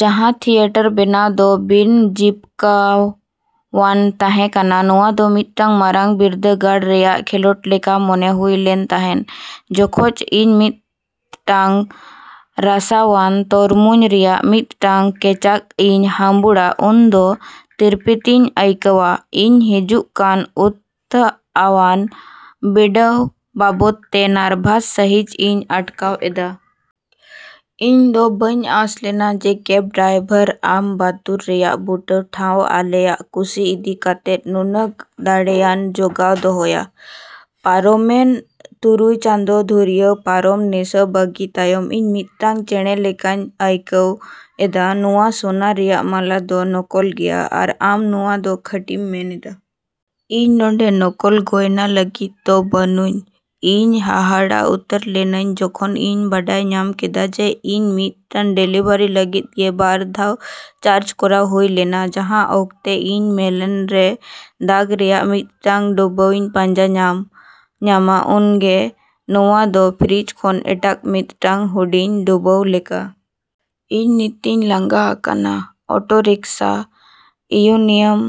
ᱡᱟᱦᱟᱸ ᱛᱷᱤᱭᱮᱴᱟᱨ ᱵᱮᱱᱟᱣ ᱫᱚ ᱵᱤᱱ ᱡᱤᱵᱠᱟᱹᱣᱟᱱ ᱛᱟᱦᱮᱸ ᱠᱟᱱᱟ᱾ᱱᱚᱶᱟ ᱫᱚ ᱢᱤᱫᱴᱟᱝ ᱢᱟᱨᱟᱝ ᱵᱤᱨᱫᱟᱹᱜᱟᱲ ᱨᱮᱭᱟᱜ ᱠᱷᱮᱞᱳᱰ ᱞᱮᱠᱟ ᱢᱚᱱᱮ ᱦᱩᱭᱞᱮᱱ ᱛᱟᱦᱮᱸ᱾ ᱡᱚᱠᱷᱚᱡ ᱤᱧ ᱢᱤᱫᱴᱟᱝ ᱨᱟᱥᱟᱣᱟᱱ ᱛᱚᱨᱢᱩᱡᱽ ᱨᱮᱭᱟᱜ ᱢᱤᱫᱴᱟᱝ ᱠᱮᱪᱟᱜ ᱤᱧ ᱦᱟᱺᱵᱩᱲᱟ ᱩᱱᱫᱚ ᱤᱧ ᱛᱤᱨᱯᱤᱛᱤᱧ ᱟᱹᱭᱠᱟᱹᱣᱟ᱾ ᱤᱧ ᱦᱤᱡᱩᱜᱠᱟᱱ ᱩᱛᱱᱟᱹᱣᱟᱱ ᱵᱤᱰᱟᱹᱣ ᱵᱟᱵᱚᱫᱛᱮ ᱱᱟᱨᱵᱷᱟᱥ ᱥᱟᱹᱦᱤᱡ ᱤᱧ ᱟᱴᱠᱟᱣ ᱮᱫᱟ᱾ ᱤᱧᱫᱚ ᱵᱟᱹᱧ ᱟᱸᱥᱞᱮᱱᱟ ᱡᱮ ᱠᱮᱵ ᱰᱟᱭᱵᱷᱟᱨ ᱟᱢᱵᱟᱛᱩᱨ ᱨᱮᱭᱟᱜ ᱵᱩᱴᱟᱹ ᱴᱷᱟᱣ ᱟᱞᱮᱭᱟᱜ ᱠᱩᱥᱤ ᱤᱫᱤ ᱠᱟᱛᱮ ᱱᱩᱱᱟᱹᱜ ᱫᱟᱲᱮᱭᱟᱱ ᱡᱚᱜᱟᱣ ᱫᱚᱦᱚᱭᱟ᱾ ᱯᱟᱨᱚᱢᱮᱱ ᱛᱩᱨᱩᱭ ᱪᱟᱸᱫᱳ ᱫᱷᱩᱨᱤᱭᱟᱹ ᱯᱟᱹᱣᱨᱟᱹ ᱱᱤᱥᱟᱹ ᱵᱟᱹᱜᱤ ᱛᱟᱭᱚᱢ ᱤᱧ ᱢᱤᱫᱴᱟᱝ ᱪᱮᱬᱮ ᱞᱮᱠᱟᱧ ᱟᱹᱭᱠᱟᱹᱣ ᱮᱫᱟ᱾ ᱱᱚᱣᱟ ᱥᱚᱱᱟ ᱨᱮᱭᱟᱜ ᱢᱟᱞᱟ ᱫᱚ ᱱᱚᱠᱚᱞ ᱜᱮᱭᱟ ᱟᱨ ᱟᱢ ᱱᱚᱣᱟ ᱫᱚ ᱠᱷᱟᱹᱴᱤᱢ ᱢᱮᱱ ᱮᱫᱟ? ᱤᱧ ᱱᱚᱰᱮᱸ ᱱᱚᱠᱚᱞ ᱜᱚᱭᱱᱟ ᱞᱟᱹᱜᱤᱫ ᱫᱚ ᱵᱟᱹᱱᱩᱧᱟ! ᱤᱧ ᱦᱟᱦᱟᱲᱟᱜ ᱩᱛᱟᱹᱨ ᱞᱤᱱᱟᱹᱧ ᱡᱚᱠᱷᱚᱱ ᱤᱧ ᱵᱟᱰᱟᱭ ᱧᱟᱢ ᱠᱮᱫᱟ ᱡᱮ ᱤᱧ ᱢᱤᱫ ᱰᱮᱞᱤᱵᱷᱟᱨᱤ ᱞᱟᱹᱜᱤᱫ ᱜᱮ ᱵᱟᱨ ᱫᱷᱟᱣ ᱪᱟᱨᱡᱽ ᱠᱚᱨᱟᱣ ᱦᱩᱭ ᱞᱮᱱᱟ᱾ ᱡᱟᱦᱟᱸ ᱚᱠᱛᱮ ᱤᱧ ᱢᱮᱞᱟᱱ ᱨᱮ ᱫᱟᱜ ᱨᱮᱭᱟᱜ ᱢᱤᱫᱴᱟᱝ ᱰᱩᱵᱟᱹᱧ ᱯᱟᱸᱡᱟ ᱧᱟᱢᱟ, ᱩᱱᱜᱮ ᱱᱚᱣᱟ ᱫᱚ ᱯᱷᱨᱤᱡᱽ ᱠᱷᱚᱱ ᱮᱴᱟᱜ ᱢᱤᱫᱴᱟᱝ ᱦᱩᱰᱤᱧ ᱰᱩᱵᱟᱹ ᱞᱮᱠᱟ᱾ ᱤᱧ ᱱᱤᱛᱤᱧ ᱞᱟᱸᱜᱟ ᱟᱠᱟᱱᱟ᱾ ᱚᱴᱚ ᱨᱤᱠᱥᱟ ᱤᱭᱩᱱᱤᱭᱚᱱ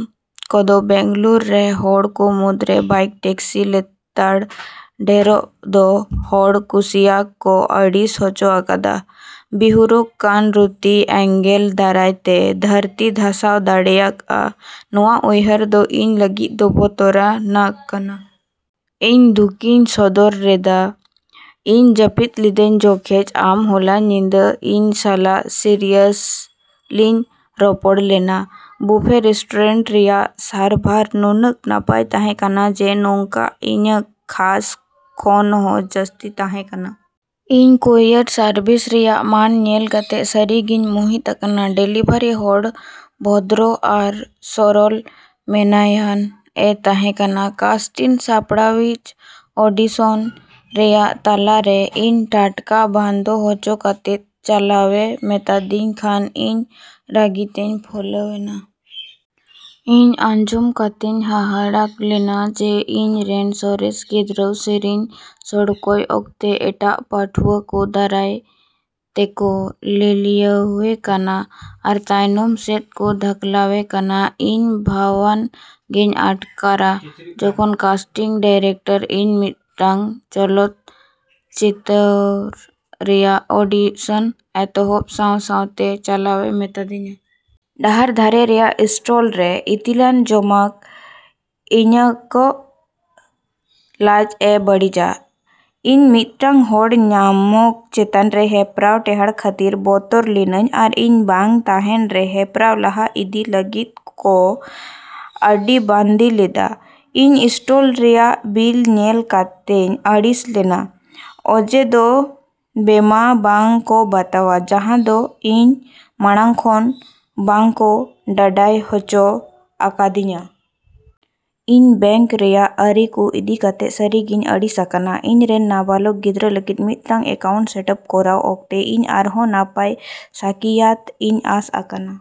ᱠᱚᱫᱚ ᱵᱮᱝᱜᱟᱞᱩᱨᱩ ᱨᱮ ᱦᱚᱲ ᱠᱚ ᱢᱩᱫᱽᱨᱮ ᱵᱟᱭᱤᱠ ᱴᱮᱠᱥᱤ ᱞᱮᱛᱟᱲ ᱰᱷᱮᱨᱚᱜ ᱫᱚ ᱦᱚᱲ ᱠᱩᱥᱤᱭᱟᱜ ᱠᱚ ᱟᱹᱲᱤᱥ ᱦᱚᱪᱚ ᱟᱠᱟᱫᱟ᱾ ᱵᱤᱦᱩᱨᱚᱜ ᱠᱟᱱ ᱨᱩᱛᱤ ᱮᱸᱜᱮᱞ ᱫᱟᱨᱟᱭᱛᱮ ᱫᱷᱟᱹᱨᱛᱤ ᱫᱷᱟᱥᱟᱣ ᱫᱟᱲᱮᱭᱟᱜᱼᱟ ᱱᱚᱣᱟ ᱩᱭᱦᱟᱹᱨ ᱫᱚ ᱤᱧ ᱞᱟᱹᱜᱤᱫ ᱫᱚ ᱵᱚᱛᱚᱨᱟᱱᱟᱜ ᱠᱟᱱᱟ᱾ ᱤᱧ ᱫᱩᱠᱤᱧ ᱥᱚᱫᱚ ᱨᱮᱫᱟ ᱤᱧ ᱡᱟᱹᱯᱤᱫ ᱞᱤᱫᱟᱹᱧ ᱡᱚᱠᱷᱮᱡ ᱟᱢ ᱦᱚᱞᱟ ᱧᱤᱫᱟᱹ ᱤᱧ ᱥᱟᱞᱟᱜ ᱥᱤᱨᱤᱭᱟᱥᱞᱤᱧ ᱨᱚᱯᱚᱲ ᱞᱮᱱᱟ᱾ ᱵᱩᱯᱷᱮ ᱨᱮᱥᱴᱩᱨᱮᱱᱴ ᱨᱮᱭᱟᱜ ᱥᱟᱨᱵᱷᱟᱨ ᱱᱩᱱᱟᱹᱜ ᱱᱟᱯᱟᱭ ᱛᱟᱦᱮᱸ ᱠᱟᱱᱟ ᱡᱮ ᱱᱚᱣᱟ ᱤᱧᱟᱹᱜ ᱟᱸᱥ ᱠᱷᱚᱱ ᱦᱚᱸ ᱡᱟᱹᱥᱛᱤ ᱛᱟᱦᱮᱸ ᱠᱟᱱᱟ᱾ ᱤᱧ ᱠᱩᱨᱤᱭᱟᱨ ᱥᱟᱨᱵᱷᱤᱥ ᱨᱮᱭᱟᱜ ᱢᱟᱹᱱ ᱧᱮᱞ ᱠᱟᱛᱮ ᱥᱟᱹᱨᱤ ᱜᱤᱧ ᱢᱩᱦᱤᱛ ᱟᱠᱟᱱᱟ᱾ ᱰᱮᱞᱤᱵᱷᱟᱨᱤ ᱦᱚᱲ ᱵᱷᱚᱫᱨᱚ ᱟᱨ ᱥᱚᱨᱚᱞ ᱢᱚᱱᱮᱭᱟᱱ ᱮ ᱛᱟᱦᱮᱸ ᱠᱟᱱᱟ᱾ ᱠᱟᱥᱴᱤᱱ ᱥᱟᱯᱲᱟᱣᱤᱡ ᱚᱰᱤᱥᱚᱱ ᱨᱮᱭᱟᱜ ᱛᱟᱞᱟ ᱨᱮ ᱤᱧ ᱴᱟᱴᱠᱟ ᱵᱚᱱᱫᱚ ᱦᱚᱪᱚ ᱠᱟᱛᱮ ᱪᱟᱞᱟᱣᱮ ᱢᱮᱛᱟᱫᱤᱧ ᱠᱷᱟᱱ ᱤᱧ ᱨᱟᱹᱜᱤᱛᱮᱧ ᱯᱷᱩᱞᱟᱹᱣᱮᱱᱟ᱾ ᱤᱧ ᱟᱸᱡᱚᱢ ᱠᱟᱛᱮᱧ ᱦᱟᱦᱟᱲᱟᱜ ᱞᱮᱱᱟ ᱡᱮ ᱤᱧᱨᱮᱱ ᱥᱚᱨᱮᱥ ᱜᱤᱫᱽᱨᱟᱹ ᱥᱮᱨᱮᱧ ᱥᱚᱲᱠᱚᱭ ᱚᱠᱛᱮ ᱮᱴᱟᱜ ᱯᱟᱹᱴᱷᱩᱣᱟ ᱠᱚ ᱫᱟᱨᱟᱭ ᱛᱮᱠᱚ ᱞᱤᱞᱤᱭᱟᱹᱣᱮ ᱠᱟᱱᱟ ᱟᱨ ᱛᱟᱭᱚᱱᱚᱢ ᱥᱮᱫ ᱠᱚ ᱫᱷᱟᱠᱞᱟᱣᱮ ᱠᱟᱱᱟ᱾ ᱤᱧ ᱵᱷᱟᱵᱽᱱᱟ ᱜᱮᱧ ᱟᱴᱠᱟᱨᱟ ᱡᱚᱠᱷᱚᱱ ᱠᱟᱥᱴᱤᱝ ᱰᱤᱨᱮᱠᱴᱚᱨ ᱤᱧ ᱢᱤᱫᱴᱟᱝ ᱪᱚᱞᱚᱛ ᱪᱤᱛᱟᱹᱨ ᱨᱮᱭᱟᱜ ᱚᱰᱤᱥᱚᱱ ᱮᱛᱚᱦᱚᱵ ᱥᱟᱶ ᱥᱟᱶᱛᱮ ᱪᱟᱞᱟᱣᱮ ᱢᱤᱛᱟᱹᱫᱤᱧᱟ᱾ ᱰᱟᱦᱟᱨ ᱫᱷᱟᱨᱮ ᱨᱮᱭᱟᱜ ᱤᱥᱴᱚᱞᱨᱮ ᱤᱛᱤᱞᱟᱱ ᱡᱚᱢᱟᱜ ᱤᱧᱟᱹᱜ ᱞᱟᱡᱽᱼᱮ ᱵᱟᱹᱲᱤᱡᱟ᱾ ᱤᱧ ᱢᱤᱫᱴᱟᱝ ᱦᱚᱲ ᱧᱟᱢᱚᱜ ᱪᱮᱛᱟᱱ ᱨᱮ ᱦᱮᱯᱨᱟᱣ ᱴᱮᱦᱟᱸᱰ ᱠᱷᱟᱹᱛᱤᱨ ᱵᱚᱛᱚᱨ ᱞᱤᱱᱟᱹᱧ ᱟᱨ ᱤᱧ ᱵᱟᱝ ᱛᱟᱦᱮᱱ ᱨᱮ ᱦᱮᱯᱨᱟᱣ ᱞᱟᱦᱟ ᱤᱫᱤ ᱞᱟᱹᱜᱤᱫ ᱠᱚ ᱟᱹᱨᱤᱵᱟᱸᱫᱤ ᱞᱮᱫᱟ᱾ ᱤᱧ ᱤᱥᱴᱚᱞ ᱨᱮᱭᱟᱜ ᱵᱤᱞ ᱧᱮᱞ ᱠᱟᱛᱮᱧ ᱟᱹᱲᱤᱥ ᱞᱮᱱᱟ ᱚᱡᱮ ᱫᱚ ᱵᱤᱢᱟ ᱵᱟᱝ ᱠᱚ ᱵᱟᱛᱟᱣᱟ ᱡᱟᱦᱟᱸ ᱫᱚ ᱤᱧ ᱢᱟᱲᱟᱝ ᱠᱷᱚᱱ ᱵᱟᱝ ᱠᱚ ᱰᱟᱰᱟᱭ ᱦᱚᱪᱚ ᱟᱠᱟᱫᱤᱧᱟᱹ᱾ ᱤᱧ ᱵᱮᱝᱠ ᱨᱮᱭᱟᱜ ᱟᱹᱨᱤ ᱠᱚ ᱤᱫᱤ ᱠᱟᱛᱮ ᱥᱟᱹᱨᱤᱜᱤᱧ ᱟᱹᱲᱤᱥ ᱟᱠᱟᱱᱟ᱾ ᱤᱧᱨᱮᱱ ᱱᱟᱵᱟᱞᱚᱠ ᱜᱤᱫᱽᱨᱟᱹ ᱞᱟᱹᱜᱤᱫ ᱢᱤᱫᱴᱟᱝ ᱮᱠᱟᱣᱩᱱᱴ ᱥᱮᱴᱼᱟᱯ ᱠᱚᱨᱟᱣ ᱚᱠᱛᱚ ᱤᱧ ᱟᱨᱦᱚᱸ ᱱᱟᱯᱟᱭ ᱥᱟᱹᱠᱭᱟᱹᱛ ᱤᱧ ᱟᱸᱥ ᱟᱠᱟᱱᱟ᱾